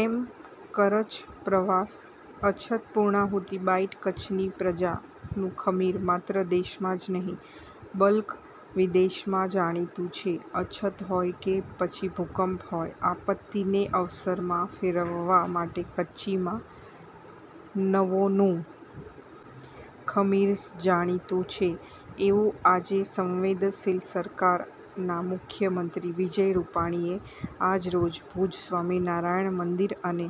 એમ કરછ પ્રવાસ અછત પુર્ણાહુતી બાઈટ કચ્છની પ્રજા નું ખમીર માત્ર દેશમાં જ નહીં બલ્ક વિદેશમાં જાણીતું છે અછત હોય કે પછી ભૂકંપ હોય આપત્તિને અવસર માં ફેરવવા માટે કચ્છી મા નવો નું ખમીર જાણીતું છે એવું આજે સંવેદનશીલ સરકાર ના મુખ્યમંત્રી વિજય રૂપાણીએ આજરોજ ભુજ સ્વામિનારાયણ મંદિર અને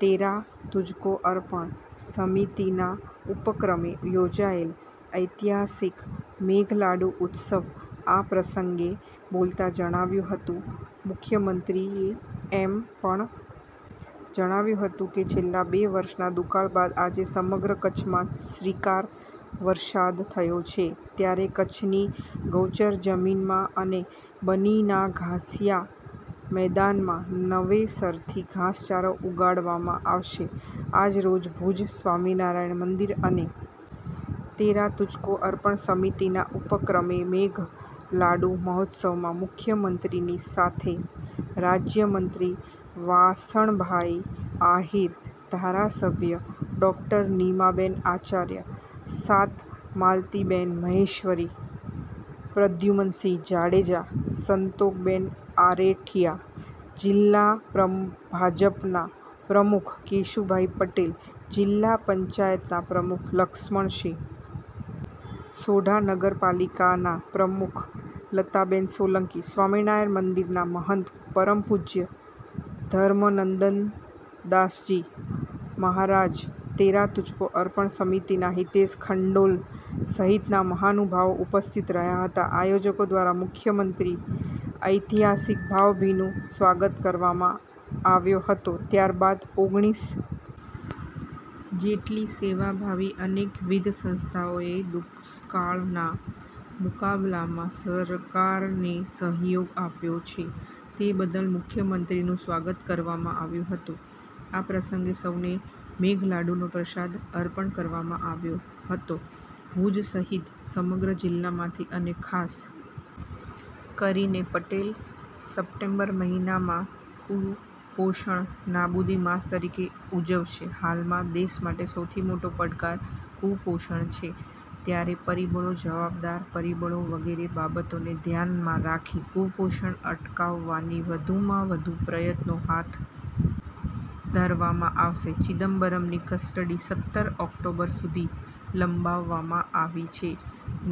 તેરા તુજકો અર્પણ સમિતિના ઉપક્રમે યોજાયેલ ઐતિહાસિક મેઘલાડુ ઉત્સવ આ પ્રસંગે બોલતા જણાવ્યું હતું મુખ્યમંત્રી એમ પણ જણાવ્યું હતું કે છેલ્લા બે વર્ષના દુકાળ બાદ આજે સમગ્ર કચ્છમાં શ્રીકાર વરસાદ થયો છે ત્યારે કચ્છની ગૌચર જમીનમાં અને બની ના ઘાસિયા મેદાનમાં નવેસરથી ઘાસચારો ઉગાડવામાં આવશે આજરોજ ભુજ સ્વામિનારાયણ મંદિર અને તેરા તુજકો અર્પણ સમિતિના ઉપક્રમે મેઘલાડુ મહોત્સવમાં મુખ્યમંત્રી ની સાથે રાજ્યમંત્રી વાસણભાઇ આહિર ધારાસભ્ય ડોક્ટર નિમાબેન આચાર્ય સાત માલતીબેન મહેશ્વરી પ્રદ્યુમનસિંહ જાડેજા સંતોકબેન આરેઠીયા જિલ્લા ભાજપના પ્રમુખ કેશુભાઇ પટેલ જિલ્લા પંચાયતના પ્રમુખ લક્ષ્મણસિંહ સોઢા નગરપાલિકાના પ્રમુખ લતાબેન સોલંકી સ્વામિનારાયણ મંદિરના મહંત પરમપૂજ્ય ધર્મનંદનદાસજી મહારાજતેરા તુજકો અર્પણ સમિતિ ના હિતેશ ખંડોલ સહિતના મહાનુભાવો ઉપસ્થિત રહ્યા હતા આયોજકો દ્વારા મુખ્યમંત્રી ઐતિહાસિક ભાવભીનું સ્વાગત કરવામાં આવ્યો હતો ત્યારબાદ ઓગણિસ જેટલી સેવાભાવી અનેકવિધ સંસ્થાઓએ દુષ્કાળના મુકાબલામાં સરકાર ને સહયોગ આપ્યો છે તે બદલ મુખ્યમંત્રીનું સ્વાગત કરવામાં આવ્યું હતું આ પ્રસંગે સૌને મેઘલાડુનો પ્રસાદ અર્પણ કરવામાં આવ્યો હતો ભુજ સહિત સમગ્ર જિલ્લામાંથી અને ખાસ કરીને પટેલ સપ્ટેમ્બર મહિનામાં કુપોષણ નાબુદી માસ તરીકે ઉજવશે હાલમાં દેશ માટે સૌથી મોટો પડકાર કુપોષણ છે ત્યારે પરિબળો જવાબદાર પરિબળો વગેરે બાબતો ને ધ્યાન માં રાખી કુપોષણ અટકાવવાની વધુમાં વધુ પ્રયત્નો હાથ ધરવામાં આવશે ચિદમ્બરમની કસ્ટડી સત્તર ઓક્ટોબર સુધી લંબાવવામાં આવી છે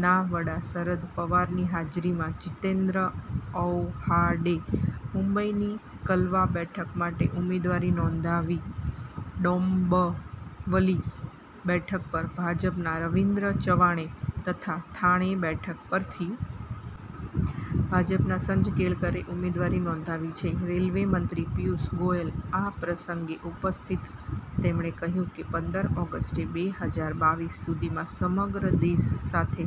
ના વડા શરદ પવારની હાજરીમાં જીતેન્દ્ર ઔહાડે મુંબઇની કલવા બેઠક માટે ઉમેદવારી નોંધાવી ડોંબવલી બેઠક પર ભાજપના રવીન્દ્ર ચવાણે તથા થાણે બેઠક પરથી ભાજપના સંજ કેળકરે ઉમેદવારી નોંધાવી છે રેલવે મંત્રી પિયુષ ગોયલ આ પ્રસંગે ઉપસ્થિત તેમણે કહ્યું કે પંદર ઓગસ્ટ બે હજાર બાવીસ સુધીમાં સમગ્ર દેશ સાથે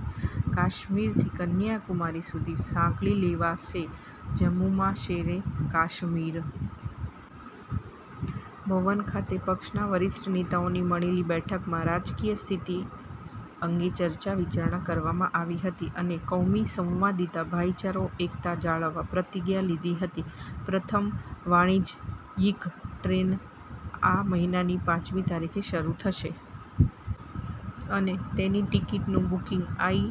કાશ્મીરથી કન્યાકુમારી સુધી સાંકળી લેવાશે જમ્મુમાં શેરે કાશમીર ભવન ખાતે પક્ષના વરિષ્ઠ નેતાઓની મળેલી બેઠકમાં રાજકીય સ્થિતિ અંગે ચર્ચા વિચારણા કરવામાં આવી હતી અને કૌમી સંવાદીતા ભાઈચારો એકતા જાળવવા પ્રતિજ્ઞા લીધી હતી પ્રથમ વાણીજયીક ટ્રેન આ મહિનાની પાંચમી તારીખે શરૂ થશે અને તેની ટીકીટનું બુકીંગ આઇ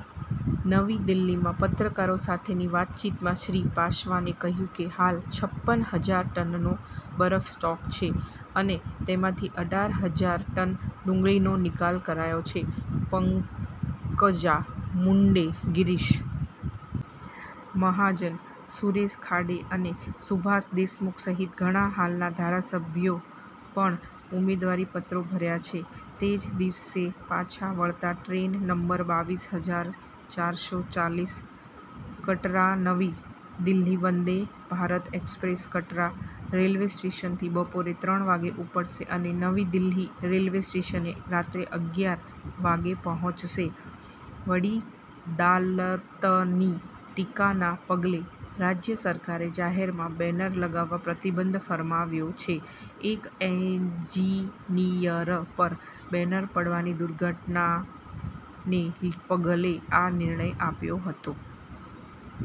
નવી દિલ્હીમાં પત્રકારો સાથેની વાતચીતમાં શ્રી પાસવાને કહ્યું કે હાલ છપ્પન હજાર ટનનો બફર સ્ટોક છે અને તેમાંથી અઢાર હજાર ટન ડુંગળીનો નિકાલ કરાયો છે પંકજા મુંડે ગીરીશ મહાજન સુરેશ ખાડે અને સુભાષ દેશમુખ સહિત ઘણા હાલના ઘારાસભ્યો પણ ઉમેદવારીપત્રો ભર્યા છે તે જ દિવસે પાછા વળતા ટ્રેન નંબર બાવીસ હજાર ચાર સો ચાલીસ કટરાનવી દિલ્હી વંદે ભારત એક્સપ્રેસ કટરા રેલવે સ્ટેશનથી બપોરે ત્રણ વાગે ઉપડશે અને નવી દિલ્હી રેલવે સ્ટેશને રાત્રે અગિયાર વાગે પહોંચશે વડી દાલતની ટીકાના પગલે રાજ્ય સરકારે જાહેરમાં બેનર લગાવવા પ્રતિબંધ ફરમાવ્યો છે એક એજીનીયર પર બેનર પડવાની દુર્ધટનાને પગલે આ નિર્ણય આપ્યો હતો।